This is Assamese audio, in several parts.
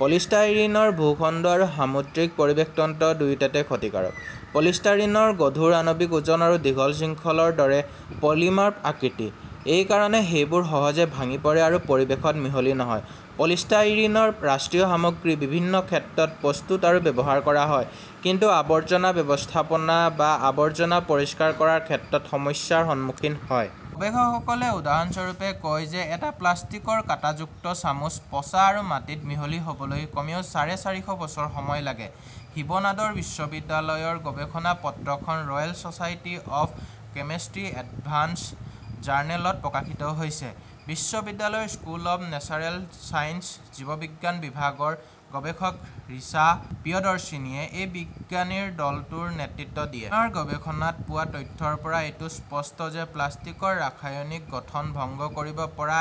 পলিষ্টাইৰিন ভূখণ্ড আৰু সামুদ্ৰিক পৰিৱেশ তন্ত্ৰ দুয়োটাতে ক্ষতিকাৰক। পলিষ্টেৰিনৰ গধুৰ আণৱিক ওজন আৰু দীঘল শৃংখলৰ দৰে পলিমাৰ আকৃতি। এই কাৰণে সেইবোৰ সহজে ভাঙি পৰে আৰু পৰিৱেশত মিহলি নহয়। পলিষ্টাইৰিনৰ ৰাষ্ট্ৰীয় সামগ্ৰী বিভিন্ন ক্ষেত্ৰত প্ৰস্তুত আৰু ব্যৱহাৰ কৰা হয়, কিন্তু আৱৰ্জনা ব্যৱস্থাপনা বা আৱৰ্জনা পৰিষ্কাৰ কৰাৰ ক্ষেত্ৰত সমস্যাৰ সন্মুখীন হয়। গৱেষকসকলে উদাহৰণস্বৰূপে কয় যে এটা প্লাষ্টিকৰ কাঁটাযুক্ত চামুচ পচা আৰু মাটিত মিহলি হ'বলৈ কমেও চাৰে চাৰিশ বছৰ সময় লাগে। শিৱ নাদৰ বিশ্ববিদ্যালয়ৰ গৱেষণা পত্ৰখন Royal Society of Chemistry Advances জাৰ্নেলত প্ৰকাশিত হৈছে। বিশ্ববিদ্যালয়ৰ স্কুল অৱ নেচাৰেল ছায়েন্সৰ জীৱবিজ্ঞান বিভাগৰ গৱেষক ৰিচা প্ৰিয়দৰ্শিনীয়ে এই বিজ্ঞানীৰ দলটোৰ নেতৃত্ব দিয়ে। আমাৰ গৱেষণাত পোৱা তথ্যৰ পৰা এইটো স্পষ্ট যে প্লাষ্টিকৰ ৰাসায়নিক গঠন ভংগ কৰিব পৰা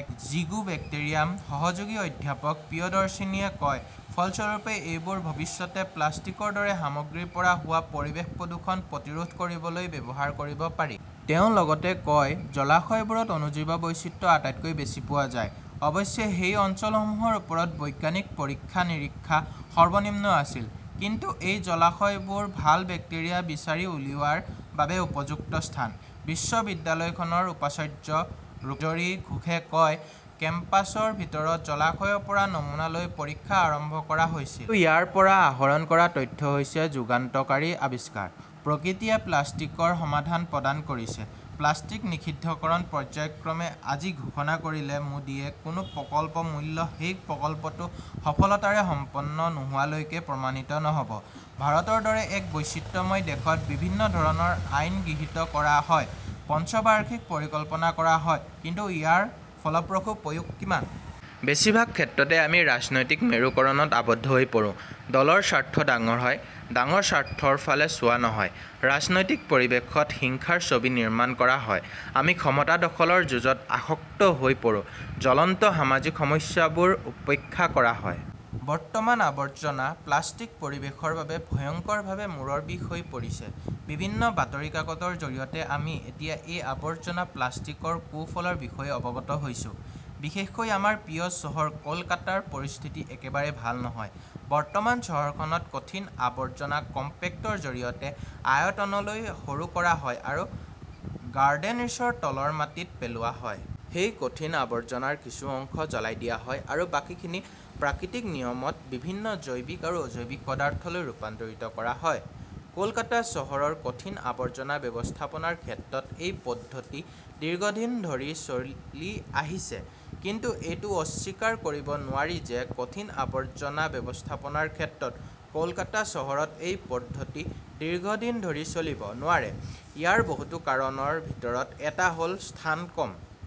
এগজিগুবেক্টিয়াৰিয়াম, সহযোগী অধ্যাপক প্ৰিয়দৰ্শিনীয়ে কয়। ফলস্বৰূপে, এইবোৰ ভৱিষ্যতে প্লাষ্টিকৰ দৰে সামগ্ৰীৰ পৰা হোৱা পৰিৱেশ প্ৰদূষণ প্ৰতিৰোধ কৰিবলৈ ব্যৱহাৰ কৰিব পাৰি। তেওঁ লগতে কয়, জলাশয়বোৰত অণুজীৱ বৈচিত্ৰ্য আটাইতকৈ বেছি পোৱা যায়। অৱশ্যে সেই অঞ্চলসমূহৰ ওপৰত বৈজ্ঞানিক পৰীক্ষা-নিৰীক্ষা সৰ্বনিম্ন আছিল। কিন্তু এই জলাশয়বোৰ ভাল বেক্টেৰিয়া বিচাৰি উলিওৱাৰ বাবে উপযুক্ত স্থান। বিশ্ববিদ্যালয়খনৰ উপাচাৰ্য ৰূপমঞ্জৰী ঘোষে কয়, কেম্পাছৰ ভিতৰতে জলাশয়ৰ পৰা নমুনা লৈ পৰীক্ষা আৰম্ভ কৰা হৈছিল। কিন্তু ইয়াৰ পৰা আহৰণ কৰা তথ্য হৈছে যুগান্তকাৰী আৱিষ্কাৰ। প্ৰকৃতিয়ে প্লাষ্টিকৰ সমাধান প্ৰদান কৰিছে। প্লাষ্টিক নিষিদ্ধকৰণ পৰ্য্যায়ক্ৰমে, আজি ঘোষণা কৰিলে মোদীয়ে কোনো প্ৰকল্পৰ মূল্য সেই প্ৰকল্পটো সফলতাৰে সম্পূৰ্ণ নোহোৱালৈকে প্ৰমাণিত নহ'ব। ভাৰতৰ দৰে এক বৈচিত্ৰ্যময় দেশত বিভিন্ন ধৰণৰ আইন গৃহীত কৰা হয়, পঞ্চবাৰ্ষিক পৰিকল্পনা কৰা হয়, কিন্তু ইয়াৰ ফলপ্ৰসূ প্ৰয়োগ কিমান? বেছিভাগ ক্ষেত্ৰতে আমি ৰাজনৈতিক মেৰুকৰণত আবদ্ধ হৈ পৰোঁ। দলৰ স্বাৰ্থ ডাঙৰ হয়, ডাঙৰ স্বাৰ্থৰ ফালে চোৱা নহয়। ৰাজনৈতিক পৰিৱেশত হিংসাৰ ছবি নিৰ্মাণ কৰা হয়। আমি ক্ষমতা দখলৰ যুঁজত আসক্ত হৈ পৰোঁ। জ্বলন্ত সামাজিক সমস্যাবোৰ উপেক্ষা কৰা হয়। বৰ্তমান আৱৰ্জনা প্লাষ্টিক পৰিৱেশৰ বাবে ভয়ংকৰভাৱে মূৰৰ বিষ হৈ পৰিছে। বিভিন্ন বাতৰি কাকতৰ জৰিয়তে আমি এতিয়া এই আৱৰ্জনা প্লাষ্টিকৰ কুফলৰ বিষয়ে অৱগত হৈছো। বিশেষকৈ আমাৰ প্ৰিয় চহৰ কলকাতাৰ পৰিস্থিতি একেবাৰে ভাল নহয়। বৰ্তমান চহৰখনত কঠিন আৱৰ্জনা কম্পেক্টৰৰ জৰিয়তে আয়তনলৈ সৰু কৰা হয় আৰু গাৰ্ডেনৰিচৰ তলৰ মাটিত পেলোৱা হয়। সেই কঠিন আৱৰ্জনাৰ কিছু অংশ জ্বলাই দিয়া হয় আৰু বাকীখিনি প্ৰাকৃতিক নিয়মত বিভিন্ন জৈৱিক আৰু অজৈব পদাৰ্থলৈ ৰূপান্তৰিত কৰা হয়। কলকাতা চহৰৰ কঠিন আৱৰ্জনা ব্যৱস্থাপনাৰ ক্ষেত্ৰত এই পদ্ধতি দীৰ্ঘদিন ধৰি চলি আহিছে। কিন্তু এইটো অস্বীকাৰ কৰিব নোৱাৰি যে কঠিন আৱৰ্জনা ব্যৱস্থাপনাৰ ক্ষেত্ৰত কলকাতা চহৰত এই পদ্ধতি দীৰ্ঘদিন ধৰি চলিব নোৱাৰে। ইয়াৰ বহুতো কাৰণৰ ভিতৰত এটা হ ল স্থান কম।